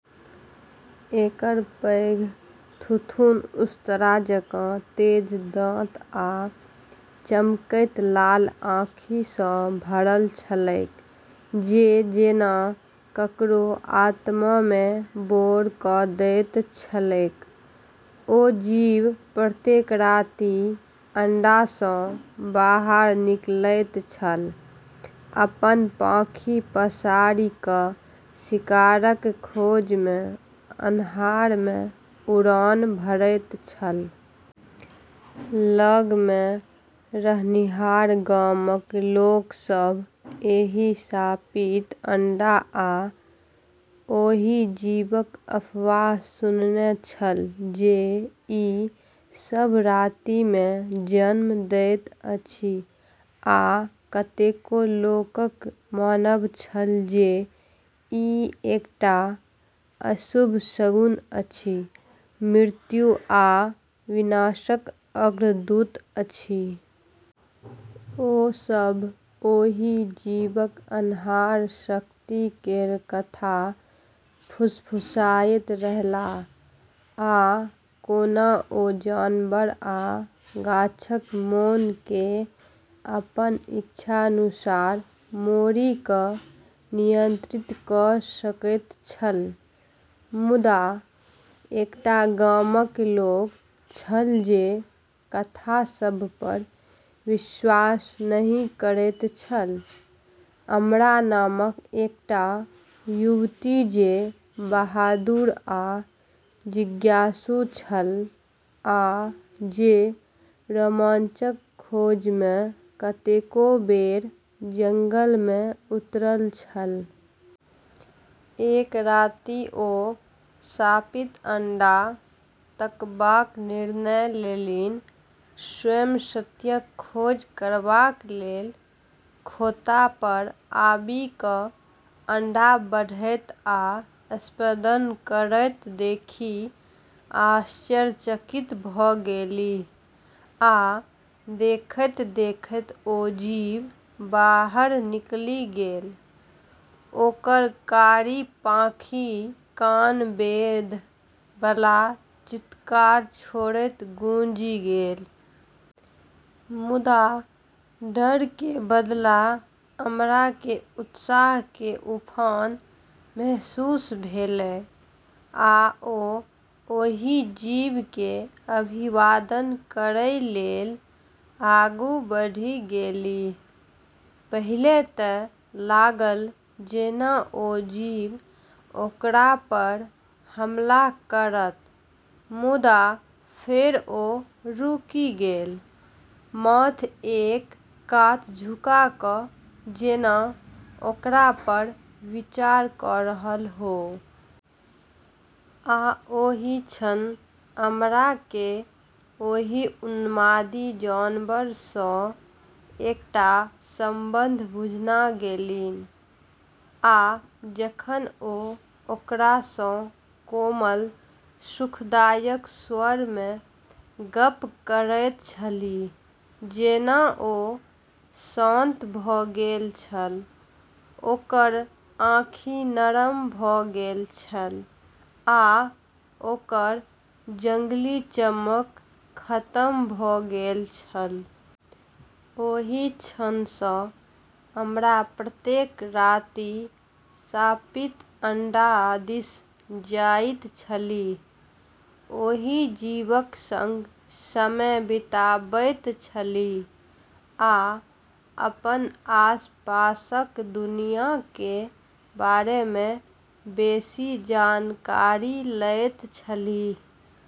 एकर पैघ थुथुन उस्तरा जकाँ तेज दाँत आ चमकैत लाल आँखि सँ भरल छलैक जे जेना ककरो आत्मा मे बोर क' दैत छलैक। ओ जीव प्रत्येक राति अंडा सँ बाहर निकलैत छल, अपन पाँखि पसारि क' शिकारक खोज मे अन्हार मे उड़ान भरैत छल। लग मे रहनिहार गामक लोक सभ एहि शापित अंडा आ ओहि जीवक अफवाह सुनने छल जे ई सभ राति मे जन्म दैत अछि आ कतेको लोकक मानब छल जे ई एकटा अशुभ शगुन अछि, मृत्यु आ विनाशक अग्रदूत अछि। ओ सभ ओहि जीवक अन्हार शक्ति केर कथा फुसफुसाइत रहलाह, आ कोना ओ जानवर आ गाछक मोन केँ अपन इच्छानुसार मोड़ि क' नियंत्रित क' सकैत छल। मुदा एकटा गामक लोक छल जे कथा सभ पर विश्वास नहि करैत छल, अमरा नामक एकटा युवती जे बहादुर आ जिज्ञासु छल, आ जे रोमांचक खोज मे कतेको बेर जंगल मे उतरल छल। एक राति ओ शापित अंडा तकबाक निर्णय लेलनि, स्वयं सत्यक खोज करबाक लेल। खोंता पर आबि क' अंडा बढ़ैत आ स्पंदन करैत देखि आश्चर्यचकित भ' गेलीह आ देखैत-देखैत ओ जीव बाहर निकलि गेल, ओकर कारी पाँखि कान बेध' बला चीत्कार छोड़ैत खुजि गेल। मुदा डर के बदला अमरा के उत्साह के उफान महसूस भेलै, आ ओ ओहि जीव के अभिवादन करय लेल आगू बढ़ि गेलीह। पहिले त' लागल जेना ओ जीव ओकरा पर हमला करत, मुदा फेर ओ रुकि गेल, माथ एक कात झुका क' जेना ओकरा पर विचार क' रहल हो। आ ओहि क्षण अमरा केँ ओहि उन्मादी जानवर सँ एकटा संबंध बुझना गेलनि, आ जखन ओ ओकरा सँ कोमल, सुखदायक स्वर मे गप्प करैत छलीह, जेना ओ शान्त भ' गेल छल, ओकर आँखि नरम भ' गेल छल आ ओकर जंगली चमक खतम भ' गेल छल। ओहि क्षण सँ अमरा प्रत्येक राति शापित अंडा दिस जाइत छलीह, ओहि जीवक संग समय बिताबैत छलीह आ अपन आसपासक दुनिया के बारे मे बेसी जानकारी लैत छलीह।